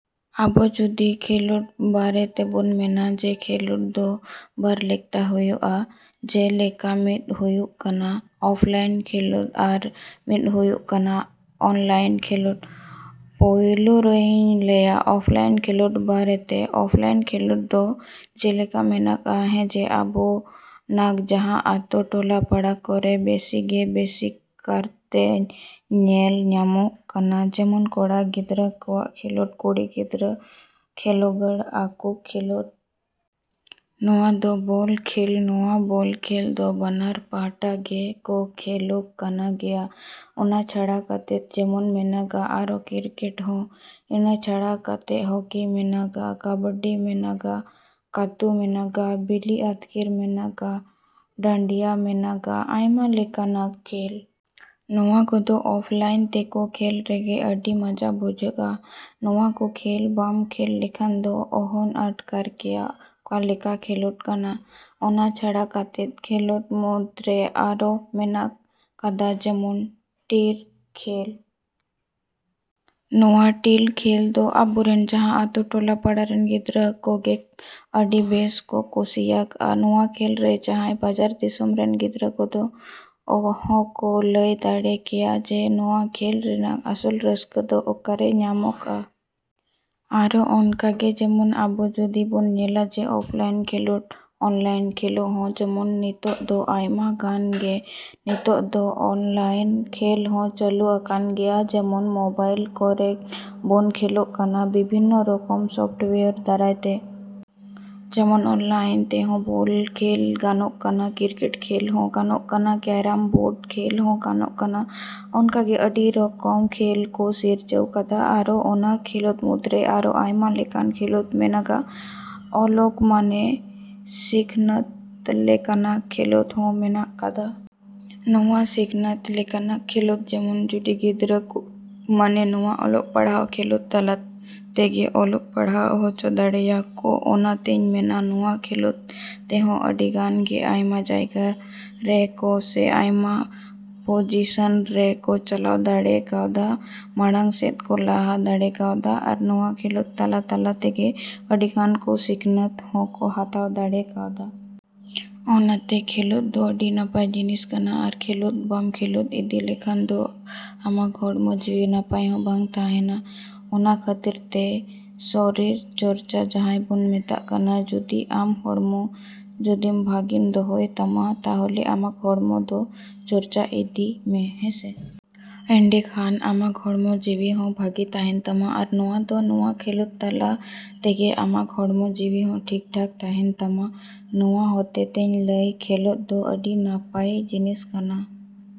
ᱟᱵᱚ ᱡᱩᱫᱤ ᱠᱷᱮᱞᱳᱰ ᱵᱟᱨᱮ ᱛᱮᱵᱚᱱ ᱢᱮᱱᱟ, ᱡᱮ ᱠᱷᱮᱞᱳᱰ ᱫᱚ ᱵᱟᱨ ᱞᱮᱠᱟᱛᱮ ᱦᱩᱭᱩᱜᱼᱟ᱾ ᱡᱮᱞᱮᱠᱟ ᱢᱤᱫ ᱦᱩᱭᱩᱜ ᱠᱟᱱᱟ ᱚᱯᱷᱞᱟᱭᱤᱱ ᱠᱷᱮᱞᱳᱰ ᱟᱨ ᱢᱤᱫ ᱫᱚ ᱦᱩᱭᱩᱜ ᱠᱟᱱᱟ ᱚᱱᱞᱟᱭᱤᱱ ᱠᱷᱮᱞᱳᱰ᱾ ᱯᱳᱭᱞᱚᱨᱤᱧ ᱞᱟᱹᱭᱟ ᱚᱯᱷᱞᱟᱭᱤᱱ ᱠᱷᱮᱞᱳᱰ ᱵᱟᱨᱮᱛᱮ᱾ ᱚᱯᱷᱞᱟᱭᱤᱱ ᱠᱷᱮᱞᱳᱰ ᱫᱚ ᱡᱮᱞᱮᱠᱟ ᱢᱮᱱᱟᱜᱼᱟ, ᱦᱮᱸ ᱡᱮ ᱟᱵᱚᱱᱟᱜ ᱡᱟᱦᱟᱸ ᱟᱛᱳ ᱴᱚᱞᱟ ᱯᱟᱲᱟ ᱠᱚᱨᱮ ᱵᱮᱥᱤᱜᱮ ᱵᱤᱥᱮᱥ ᱠᱟᱨᱛᱮ ᱧᱮᱞ ᱧᱟᱢᱚᱜ ᱠᱟᱱᱟ ᱡᱮᱢᱚᱱ ᱠᱚᱲᱟ ᱜᱤᱫᱽᱨᱟᱹ ᱠᱚᱣᱟᱜ ᱠᱷᱮᱞᱳᱰ, ᱠᱩᱲᱤ ᱜᱤᱫᱽᱨᱟᱹ ᱠᱷᱮᱞᱳᱜᱰ ᱟᱠᱚ ᱠᱷᱮᱞᱳᱰ᱾ ᱱᱚᱣᱟ ᱫᱚ ᱵᱚᱞ ᱠᱷᱮᱞ, ᱱᱚᱣᱟ ᱵᱚᱞ ᱠᱷᱮᱞ ᱫᱚ ᱵᱟᱱᱟᱨ ᱯᱟᱦᱴᱟ ᱜᱮᱠᱚ ᱠᱷᱮᱞᱳᱜ ᱠᱟᱱ ᱜᱮᱭᱟ᱾ ᱚᱱᱟ ᱪᱷᱟᱰᱟ ᱠᱟᱛᱮ ᱡᱮᱢᱚᱱ ᱢᱮᱱᱟᱜᱼᱟ ᱟᱨᱚ ᱠᱨᱤᱠᱮᱴ ᱦᱚᱸ, ᱤᱱᱟᱹ ᱪᱷᱟᱲᱟ ᱠᱟᱛᱮ ᱦᱚᱠᱤ ᱢᱮᱱᱟᱜᱼᱟ, ᱠᱟᱵᱟᱰᱤ ᱢᱮᱱᱟᱜᱼᱟ, ᱠᱟᱹᱛᱩ ᱢᱮᱱᱟᱜᱼᱟ, ᱵᱤᱞᱤ ᱟᱛᱠᱤᱨ ᱢᱮᱱᱟᱜᱼᱟ, ᱰᱟᱹᱰᱭᱟᱹ ᱢᱮᱱᱟᱜᱟ, ᱟᱭᱢᱟ ᱞᱮᱠᱟᱱᱟᱜ ᱠᱷᱮᱞ᱾ ᱱᱚᱣᱟ ᱠᱚᱫᱚ ᱚᱯᱷᱞᱟᱭᱤᱱ ᱛᱮᱠᱚ ᱠᱷᱮᱞ ᱨᱮᱜᱮ ᱟᱹᱰᱤ ᱢᱚᱡᱟ ᱵᱩᱡᱷᱟᱹᱜᱼᱟ᱾ ᱱᱚᱣᱟ ᱠᱚ ᱠᱷᱮᱞ ᱵᱟᱢ ᱠᱷᱮᱞ ᱞᱮᱠᱷᱟᱱ ᱫᱚ ᱚᱦᱚᱢ ᱟᱴᱠᱟᱨ ᱠᱮᱭᱟ ᱚᱠᱟ ᱞᱮᱠᱟᱱ ᱠᱷᱮᱞᱳᱰ ᱠᱟᱱᱟ᱾ ᱚᱱᱟ ᱪᱷᱟᱰᱟ ᱠᱟᱛᱮ ᱠᱷᱮᱞᱳᱰ ᱢᱚᱫᱽᱫᱷᱮᱨᱮ ᱟᱨᱚ ᱢᱮᱱᱟᱜ ᱠᱟᱫᱟ ᱡᱮᱢᱚᱱ ᱴᱤᱞ ᱠᱷᱮᱞ᱾ ᱱᱚᱣᱟ ᱴᱤᱞ ᱠᱷᱮᱞ ᱫᱚ ᱟᱵᱚᱨᱮᱱ ᱡᱟᱦᱟᱸ ᱟᱛᱳ ᱴᱚᱞᱟ ᱯᱟᱲᱟ ᱨᱮᱱ ᱜᱤᱫᱽᱨᱟᱹ ᱠᱚᱜᱮ ᱟᱹᱰᱤ ᱵᱮᱥᱠᱚ ᱠᱩᱥᱤᱭᱟᱜᱼᱟ᱾ ᱱᱚᱣᱟ ᱠᱷᱮᱞ ᱨᱮ ᱡᱟᱦᱟᱸ ᱵᱟᱡᱟᱨ ᱫᱚᱥᱚᱢ ᱨᱮᱱ ᱜᱤᱫᱽᱨᱟᱹ ᱠᱚᱫᱚ ᱚᱦᱚᱠᱚ ᱞᱟᱹᱭ ᱫᱟᱲᱮ ᱠᱮᱭᱟ ᱡᱮ ᱱᱚᱣᱟ ᱠᱷᱮᱞ ᱨᱮᱱᱟᱜ ᱟᱥᱚᱞ ᱨᱟᱹᱥᱠᱟᱹ ᱫᱚ ᱚᱠᱟᱨᱮ ᱧᱟᱢᱚᱜᱼᱟ᱾ ᱟᱨᱚ ᱚᱱᱠᱟᱜᱮ ᱡᱮᱢᱚᱱ ᱟᱵᱚ ᱡᱩᱫᱤ ᱵᱚᱱ ᱧᱮᱞᱟ ᱡᱮ ᱚᱱᱞᱟᱭᱤᱱ ᱠᱷᱮᱞᱳᱰ᱾ ᱚᱱᱞᱟᱭᱤᱱ ᱠᱷᱮᱞ ᱦᱚᱸ ᱡᱮᱢᱚᱱ ᱱᱤᱛᱚᱜ ᱫᱚ ᱟᱭᱢᱟᱜᱟᱱᱜᱮ ᱱᱤᱛᱚᱜ ᱫᱚ ᱚᱱᱞᱟᱭᱤᱱ ᱠᱷᱮᱞ ᱦᱚᱸ ᱪᱟᱹᱞᱩ ᱟᱠᱟᱱ ᱜᱮᱭᱟ ᱡᱮᱢᱚᱱ ᱢᱳᱵᱟᱭᱤᱞ ᱠᱚᱨᱮᱜ ᱵᱚᱱ ᱠᱷᱮᱞᱮᱜᱼᱟ ᱵᱤᱵᱷᱤᱱᱱᱚ ᱨᱚᱠᱚᱢᱟᱜ ᱥᱚᱯᱷᱴᱣᱮᱭᱟᱨ ᱫᱟᱨᱟᱭ ᱛᱮ᱾ ᱡᱮᱢᱚᱱ ᱚᱱᱞᱟᱭᱤᱱ ᱛᱮᱦᱚᱸ ᱵᱚᱞ ᱠᱷᱮᱞ ᱜᱟᱱᱚᱜ ᱠᱟᱱᱟ, ᱠᱨᱤᱠᱮᱴ ᱠᱷᱮᱞ ᱦᱚᱸ ᱜᱟᱱᱚᱜ ᱠᱟᱱᱟ, ᱠᱮᱨᱟᱢ ᱵᱳᱨᱰ ᱠᱷᱮᱞ ᱦᱚᱸ ᱜᱟᱱᱚᱜ ᱠᱟᱱᱟ᱾ ᱚᱱᱠᱟᱜᱮ ᱟᱹᱰᱤ ᱨᱚᱠᱚᱢ ᱠᱷᱮᱞ ᱠᱚ ᱥᱤᱨᱡᱟᱹᱣ ᱠᱟᱫᱟ ᱟᱨᱚ ᱚᱱᱟ ᱠᱷᱮᱞᱳᱰ ᱢᱩᱫᱽᱨᱮ ᱟᱨᱚ ᱟᱭᱢᱟ ᱞᱮᱠᱟᱱ ᱠᱷᱮᱞᱳᱰ ᱢᱮᱱᱟᱜᱼᱟ, ᱚᱞᱚᱜ ᱢᱟᱱᱮ ᱥᱤᱠᱷᱱᱟᱹᱛ ᱞᱮᱠᱟᱱᱟᱜ ᱠᱷᱮᱞᱳᱰ ᱦᱚᱸ ᱢᱮᱱᱟᱜ ᱠᱟᱫᱟ᱾ ᱱᱚᱣᱟ ᱥᱤᱠᱷᱱᱟᱹᱛ ᱞᱮᱠᱟᱱᱟᱜ ᱠᱷᱮᱞᱳᱰ ᱡᱮᱢᱚᱱ ᱡᱩᱫᱤ ᱜᱤᱫᱽᱨᱟᱹ ᱠᱚ ᱢᱟᱱᱮ ᱱᱚᱣᱟ ᱚᱞᱚᱜ ᱯᱟᱲᱦᱟᱣ ᱠᱷᱮᱞᱳᱰ ᱛᱟᱞᱟ ᱛᱮᱜᱮ ᱚᱞᱚᱜ ᱯᱟᱲᱦᱟᱣ ᱦᱚᱪᱚ ᱫᱟᱲᱮᱭᱟᱠᱚᱣᱟ᱾ ᱚᱱᱟᱛᱮᱧ ᱢᱮᱱᱟ ᱱᱚᱣᱟ ᱠᱷᱮᱞᱳᱰ ᱛᱮᱦᱚᱸ ᱟᱹᱰᱤᱜᱟᱱ ᱜᱮ ᱟᱭᱢᱟ ᱡᱟᱭᱜᱟ ᱨᱮᱠᱚ ᱥᱮ ᱟᱭᱢᱟ ᱯᱚᱡᱤᱥᱮᱱ ᱨᱮᱠᱚ ᱪᱟᱞᱟᱣ ᱫᱟᱲᱮ ᱠᱟᱣᱫᱟ, ᱢᱟᱲᱟᱝ ᱥᱮᱫ ᱠᱚ ᱞᱟᱦᱟ ᱫᱟᱲᱮ ᱠᱟᱣᱫᱟ ᱟᱨ ᱱᱚᱣᱟ ᱠᱷᱮᱞᱳᱰ ᱛᱟᱞᱟ ᱛᱟᱞᱟ ᱛᱮᱜᱮ ᱟᱹᱰᱤᱜᱟᱱ ᱠᱚ ᱥᱤᱠᱷᱱᱟᱹᱛ ᱦᱚᱸ ᱠᱚ ᱦᱟᱛᱟᱣ ᱫᱟᱲᱮ ᱠᱟᱣᱫᱟ᱾ ᱚᱱᱟᱛᱮ ᱠᱷᱮᱞᱳᱰ ᱫᱚ ᱟᱹᱰᱤ ᱱᱟᱯᱟᱭ ᱡᱤᱱᱤᱥ ᱠᱟᱱᱟ ᱟᱨ ᱠᱷᱮᱞᱳᱰ ᱵᱟᱢ ᱠᱷᱮᱞᱳᱰ ᱤᱫᱤ ᱞᱮᱠᱷᱟᱱ ᱫᱚ ᱟᱢᱟᱜ ᱦᱚᱲᱢᱚ ᱡᱤᱣᱤ ᱱᱟᱯᱟᱭ ᱦᱚᱸ ᱵᱟᱝ ᱛᱟᱦᱮᱱᱟ᱾ ᱚᱱᱟ ᱠᱷᱟᱹᱛᱤᱨ ᱛᱮ ᱥᱚᱨᱤᱨ ᱪᱚᱨᱪᱟ ᱡᱟᱦᱟᱸ ᱵᱚᱱ ᱢᱮᱛᱟᱜ ᱠᱟᱱᱟ, ᱡᱩᱫᱤ ᱟᱢᱟᱜ ᱦᱚᱲᱢᱚ ᱡᱩᱫᱤ ᱵᱷᱟᱹᱜᱤᱢ ᱫᱚᱦᱚᱭ ᱛᱟᱢᱟ ᱛᱟᱦᱞᱮ ᱟᱢᱟᱜ ᱦᱚᱲᱢᱚ ᱫᱚ ᱪᱚᱨᱪᱟ ᱤᱫᱤ ᱢᱮ, ᱦᱮᱸᱥᱮ᱾ ᱮᱸᱰᱮᱠᱷᱟᱱ ᱟᱢᱟᱜ ᱦᱚᱲᱢᱚ ᱡᱤᱣᱤ ᱦᱚᱸ ᱵᱷᱟᱜᱮ ᱛᱟᱦᱮᱱ ᱛᱟᱢᱟ ᱟᱨ ᱱᱚᱣᱟ ᱫᱚ ᱱᱚᱣᱟ ᱠᱷᱮᱞᱳᱰ ᱛᱟᱞᱟ ᱛᱮᱜᱮ ᱟᱢᱟᱜ ᱦᱚᱲᱢᱚ ᱡᱤᱣᱤ ᱦᱚᱸ ᱴᱷᱤᱠ ᱴᱷᱟᱠ ᱛᱟᱦᱮᱱ ᱛᱟᱢᱟ᱾ ᱱᱚᱣᱟ ᱦᱚᱛᱮ ᱛᱮᱧ ᱞᱟᱹᱭᱟ ᱠᱷᱮᱞᱳᱰ ᱫᱚ ᱟᱹᱰᱤ ᱱᱟᱯᱟᱭ ᱡᱤᱱᱤᱥ ᱠᱟᱱᱟ᱾